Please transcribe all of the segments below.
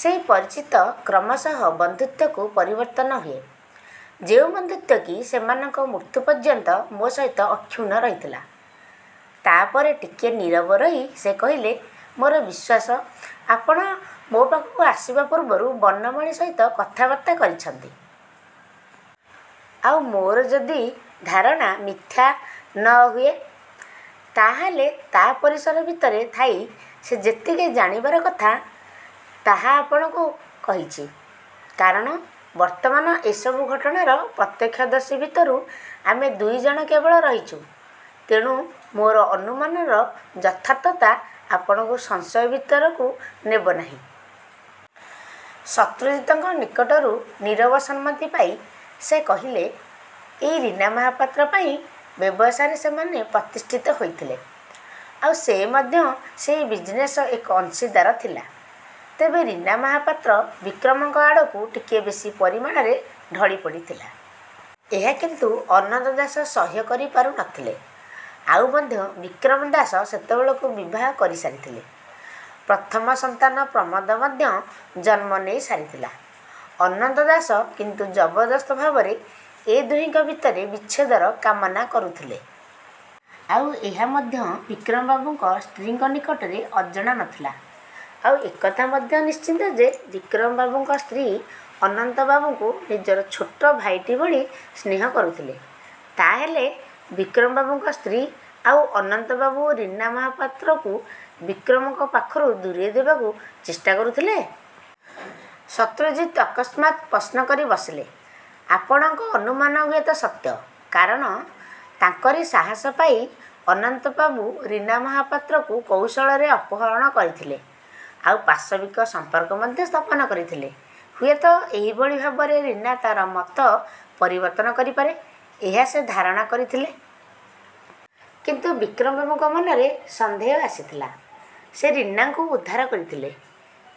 ସେଇ ପରିଚିତ କ୍ରମଶଃ ବନ୍ଧୁତ୍ୱକୁ ପରିବର୍ତ୍ତନ ହୁଏ, ଯେଉଁ ବନ୍ଧୁତ୍ୱ କି ସେମାନଙ୍କ ମୃତ୍ୟୁ ପର୍ଯ୍ୟନ୍ତ ମୋ ସହିତ ଅକ୍ଷୁଣ୍ଣ ରହିଥିଲା। ' ତା'ପରେ ଟିକିଏ ନୀରବ ରହି ସେ କହିଲେ, 'ମୋର ବିଶ୍ୱାସ, ଆପଣ ମୋ ପାଖକୁ ଆସିବା ପୂର୍ବରୁ ବନମାଳୀ ସହିତ କଥାବାର୍ତ୍ତା କରିଛନ୍ତି। ଆଉ ମୋର ଯଦି ଧାରଣା ମିଥ୍ୟା ନ। ହୁଏ, ତାହେଲେ ତା' ପରିସର ଭିତରେ ଥାଇ ସେ ଯେତିକି ଜାଣିବାର କଥା, ତାହା ଆପଣଙ୍କୁ କହିଛି। କାରଣ ବର୍ତ୍ତମାନ ଏ ସବୁ ଘଟଣାର ପ୍ରତ୍ୟକ୍ଷଦର୍ଶୀ ଭିତରୁ ଆମେ ଦୁଇଜଣ କେବଳ ରହିଛୁଁ। ତେଣୁ ମୋର ଅନୁମାନର ଯଥାର୍ଥତା ଆପଣଙ୍କୁ ସଂଶୟ ଭିତରକୁ ନେବ ନାହିଁ। ' ଶତ୍ରୁଜିତଙ୍କ ନିକଟରୁ ନୀରବ ସମ୍ମତି ପାଇ ସେ କହିଲେ, 'ଏଇ ରୀନା ମହାପାତ୍ର ପାଇଁ ବ୍ୟବସାୟରେ ସେମାନେ ପ୍ରତିଷ୍ଠିତ ହୋଇଥିଲେ। ଆଉ ସେ ମଧ୍ୟ ସେଇ ବିଜିନେସ୍ରେ ଏକ ଅଂଶୀଦାର ଥିଲା। ତେବେ ରୀନା ମହାପାତ୍ର ବିକ୍ରମଙ୍କ ଆଡ଼କୁ ଟିକିଏ ବେଶୀ ପରିମାଣରେ ଢଳିପଡ଼ିଥିଲା। ଏହା କିନ୍ତୁ ଅନନ୍ତ ଦାସ ସହ୍ୟ କରିପାରୁ ନ ଥିଲେ। ଆଉ ମଧ୍ୟ ବିକ୍ରମ ଦାସ ସେତେବେଳକୁ ବିବାହ କରିସାରିଥିଲେ। ପ୍ରଥମ ସନ୍ତାନ ପ୍ରମୋଦ ମଧ୍ୟ ଜନ୍ମ ନେଇ ସାରିଥିଲା। ଅନନ୍ତ ଦାସ କିନ୍ତୁ ଜବରଦସ୍ତ ଭାବରେ ଏ ଦୁହିଁଙ୍କ ଭିତରେ ବିଚ୍ଛେଦର କାମନା କରୁଥିଲେ। ଆଉ ଏହା ମଧ୍ୟ ବିକ୍ରମ ବାବୁଙ୍କ ସ୍ତ୍ରୀଙ୍କ ନିକଟରେ ଅଜଣା ନ ଥିଲା। ଆଉ ଏକଥା ମଧ୍ୟ ନିଶ୍ଚିତ ଯେ, ବିକ୍ରମବାବୁଙ୍କ ସ୍ତ୍ରୀ ଅନନ୍ତବାବୁଙ୍କୁ ନିଜର ଛୋଟ ଭାଇଟି ଭଳି ସ୍ନେହ କରୁଥିଲେ। ' 'ତା'ହେଲେ ବିକ୍ରମବାବୁଙ୍କ ସ୍ତ୍ରୀ ଆଉ ଅନନ୍ତବାବୁ ରୀନା ମହାପାତ୍ରକୁ ବିକ୍ରମଙ୍କ ପାଖରୁ ଦୂରେଇଦେବାକୁ ଚେଷ୍ଟା କରୁଥିଲେ? ' ଶତ୍ରୁଜିତ୍ ଅକସ୍ମାତ ପ୍ରଶ୍ନ କରି ବସିଲେ। 'ଆପଣଙ୍କ ଅନୁମାନ ହୁଏତ ସତ୍ୟ। କାରଣ ତାଙ୍କରି ସାହସ ପାଇ ଅନନ୍ତବାବୁ ରୀନା ମହାପାତ୍ରକୁ କୌଶଳରେ ଅପହରଣ କରିଥିଲେ, ଆଉ ପାଶବିକ ସଂପର୍କ ମଧ୍ୟ ସ୍ଥାପନ କରିଥିଲେ-। ହୁଏତ ଏହିଭଳି ଭାବରେ ରୀନା ତା'ର ମତ ପରିବର୍ତ୍ତନ କରିପାରେ, ଏହା ସେ ଧାରଣା କରିଥିଲେ। କିନ୍ତୁ ବିକ୍ରମବାବୁଙ୍କ ମନରେ ସନ୍ଦେହ ଆସିଥିଲା। ସେ ରୀନାଙ୍କୁ ଉଦ୍ଧାର କରିଥିଲେ-।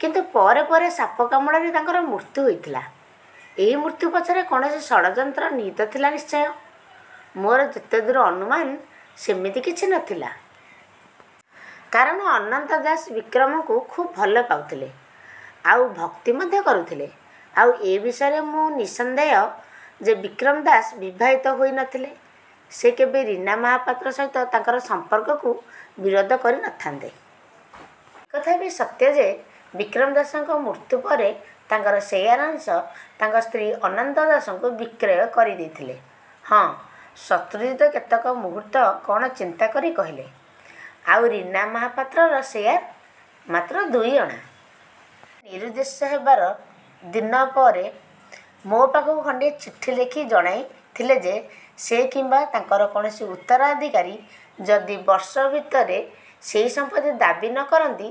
କିନ୍ତୁ ପରେ ପରେ ସାପକାମୁଡ଼ାରେ ତାଙ୍କର ମୃତ୍ୟୁ ହୋଇଥିଲା। ' 'ଏହି ମୃତ୍ୟୁ ପଛରେ କୌଣସି ଷଡ଼ଯନ୍ତ୍ର ନିହିତ ଥିଲା ନିଶ୍ଚୟ? ' 'ମୋର ଯେତେଦୂର ଅନୁମାନ, ସେମିତି କିଛି ନ ଥିଲା। କାରଣ ଅନନ୍ତ ଦାସ ବିକ୍ରମଙ୍କୁ ଖୁବ୍ ଭଲ ପାଉଥିଲେ ଆଉ ଭକ୍ତି ମଧ୍ୟ କରୁଥିଲେ। ଆଉ ଏ ବିଷୟରେ ମୁଁ ନିଃସନ୍ଦେହ ଯେ ବିକ୍ରମ ଦାସ ବିବାହିତ ହୋଇ ନ ଥିଲେ ସେ କେବେ ରୀନା ମହାପାତ୍ର ସହିତ ତାଙ୍କର ସମ୍ପର୍କକୁ ବିରୋଧ କରି ନ ଥାନ୍ତେ। 'ଏକଥା ବି ସତ୍ୟ ଯେ, ବିକ୍ରମ ଦାସଙ୍କ ମୃତ୍ୟୁ ପରେ ତାଙ୍କର ସେୟାର ଅଂଶ ତାଙ୍କ ସ୍ତ୍ରୀ ଅନନ୍ତ ଦାସଙ୍କୁ ବିକ୍ରୟ କରି ଦେଇଥିଲେ? ' 'ହଁ। ' ଶତ୍ରୁଜିତ କେତେକ ମୁହୂର୍ତ୍ତ କ'ଣ ଚିନ୍ତା କରି କହିଲେ, 'ଆଉ ରୀନା ମହାପାତ୍ରର ସେୟାର? ' 'ମାତ୍ର ଦୁଇଅଣା। ସେ ନିରୁଦ୍ଦେଶ୍ୟ ହେବାର। ଦିନ ପରେ ମୋ ପାଖକୁ ଖଣ୍ଡିଏ ଚିଠି ଲେଖି ଜଣାଇଥିଲା ଯେ, ସେ କିମ୍ବା ତାଙ୍କର କୌଣସି ଉତ୍ତରାଧିକାରୀ ଯଦି ବର୍ଷ ଭିତରେ ସେଇ ସମ୍ପତ୍ତି ଦାବୀ ନ କରନ୍ତି,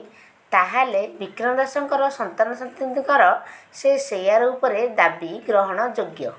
ତା'ହେଲେ ବିକ୍ରମ ଦାସଙ୍କର ସନ୍ତାନସନ୍ତତିଙ୍କର ସେଇ ସେୟାର ଉପରେ ଦାବୀ ଗ୍ରହଣଯୋଗ୍ୟ